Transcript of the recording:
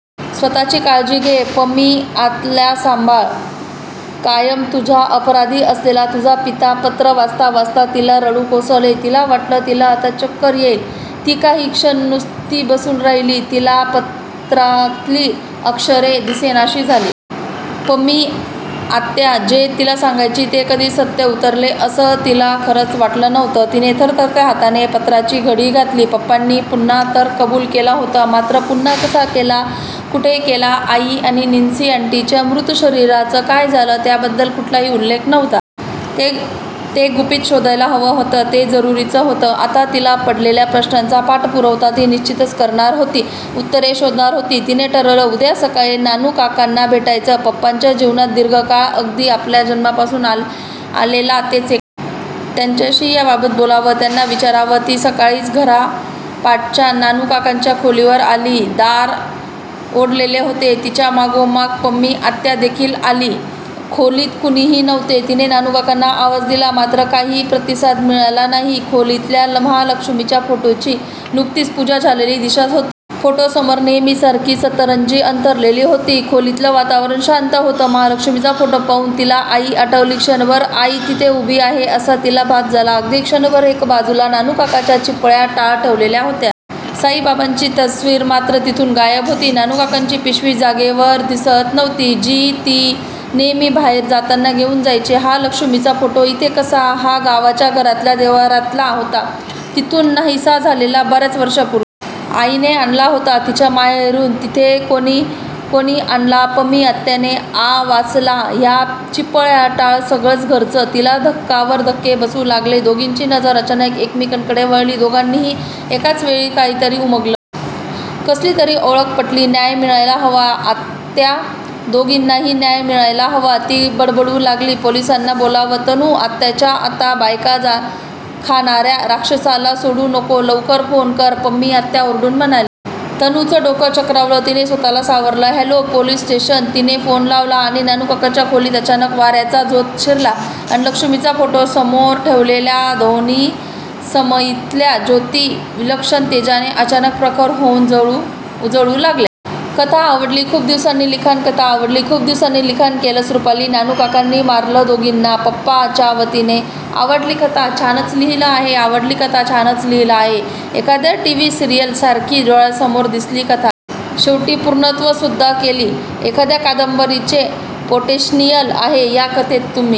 स्वतःची काळजी घे.. पमी आत्याला सांभाळ..!! कायम तुझा अपराधी असलेला तुझा पिता पत्र वाचता वाचता तिला रडू कोसळले. तिला वाटलं, तिला आता चक्कर येईल. ती काही क्षण नुसती बसून राहिली. तिला पत्रातली अक्षरे दिसेनाशी झाली. पमी आत्या जे तिला सांगायची ते कधी सत्यात उतरेल असं तिला खरंच वाटलं नव्हतं. तिने थरथरत्या हाताने पत्राची घडी घातली. पप्पांनी गुन्हा तर कबूल केला होता मात्र गुन्हा कसा केला, कुठे केला.. आई आणि निस्सी आंटीच्या मृत शरीराचं काय झालं त्याबदद्ल कुठलाही उल्लेख नव्हता. ते गुपित शोधायला हवं होतं. ते जरुरीचं होतं. आता तिला पडलेल्या प्रश्नांचा पाठपुरावा ती निश्चितच करणार होती. उत्तरे शोधणार होती. तिने ठरवलं, उद्या सकाळी नानूकाकांना भेटायचं. पप्पांच्या जीवनात दीर्घकाळ अगदी आपल्या जन्मापासून आलेले तेच एकटे.. त्यांच्याशी याबाबतीत बोलावं.. त्यांना विचारावं..! ती सकाळीच घरापाठच्या नानूकाकांच्या खोलीवर आली. दार ओढलेले होते. तिच्या मागोमाग पमी आत्या देखील आली. खोलीत कुणीही नव्हते. तिने नानूकाकांना आवाज दिला मात्र काहीही प्रतिसाद मिळाला नाही. खोलीतल्या महालक्ष्मीच्या फोटोची नुकतीच पूजा झालेली दिसत होती. फोटोसमोर नेहमीसारखी सतरंजी अंथरलेली होती. खोलीतलं वातावरण शांत होतं. महालक्ष्मीचा फोटो पाहून तिला आई आठवली. क्षणभर आई तिथे उभी आहे असा तिला भास झाला. अगदी क्षणभर..! एक बाजूला नानूकाकांच्या चिपळ्या, टाळ ठेवलेल्या होत्या. साईबाबांची तस्वीर मात्र तिथून गायब होती. नानूकाकांची पिशवी जागेवर दिसत नव्हती जी ते नेहमी बाहेर जाताना घेऊन जायचे. " हा महालक्ष्मीचा फोटो इथे कसा..? हा गावच्या घरातल्या देव्हाऱ्यात होता. तिथून नाहिसा झालेला बऱ्याच वर्षापूर्वी.. आईने आणला होता तिच्या माहेरातून. इथे कुणी आणला..? " पमी आत्याने 'आ' वासला. " ह्या चिपळ्या, टाळ सगळंच घरचं..! " तिला धक्क्यावर धक्के बसू लागले. दोघींची नजर अचानक एकमेकींकडे वळली. दोघींनाही एकाच वेळी काहीतरी उमगलं. कसली तरी ओळख पटली. " न्याय मिळायला हवा आत्या, दोघींनाही न्याय मिळायला हवा..! " ती बडबडू लागली. " पोलिसांना बोलावं तनू... आत्ताच्या आत्ता... बायका खाणाऱ्या राक्षसाला सोडू नको.. लवकर फोन कर..! " पमी आत्या ओरडून म्हणाली. तनूचं डोकं चक्रावलं. तिने स्वतःला सावरलं. " हॅलो, पोलिस स्टेशन..! " तिने फोन लावला आणि नानूकाकांच्या खोलीत अचानक वाऱ्याचा झोत शिरला अन् महालक्ष्मीच्या फोटो समोर ठेवलेल्या दोन्ही समईतल्या ज्योती विलक्षण तेजाने अचानक प्रखर होऊन उजळू लागल्या. कथा आवडली. खूप दिवसांनी लिखाण कथा आवडली. खूप दिवसांनी लिखाण केलंस रुपाली. नानू काकांनी मारलं दोघींना? पपा च्या वतीने? आवडली कथा. छानच लिहिली आहे. आवडली कथा. छानच लिहिली आहे. एखाद्या टीव्ही सिरीयलसारखी डोळ्यासमोर दिसली कथा. शेवटी पूर्णत्वास सुद्धा गेली. एखाद्या कादंबरीचे पोटेन्शियल आहे या कथेत. तुम्ही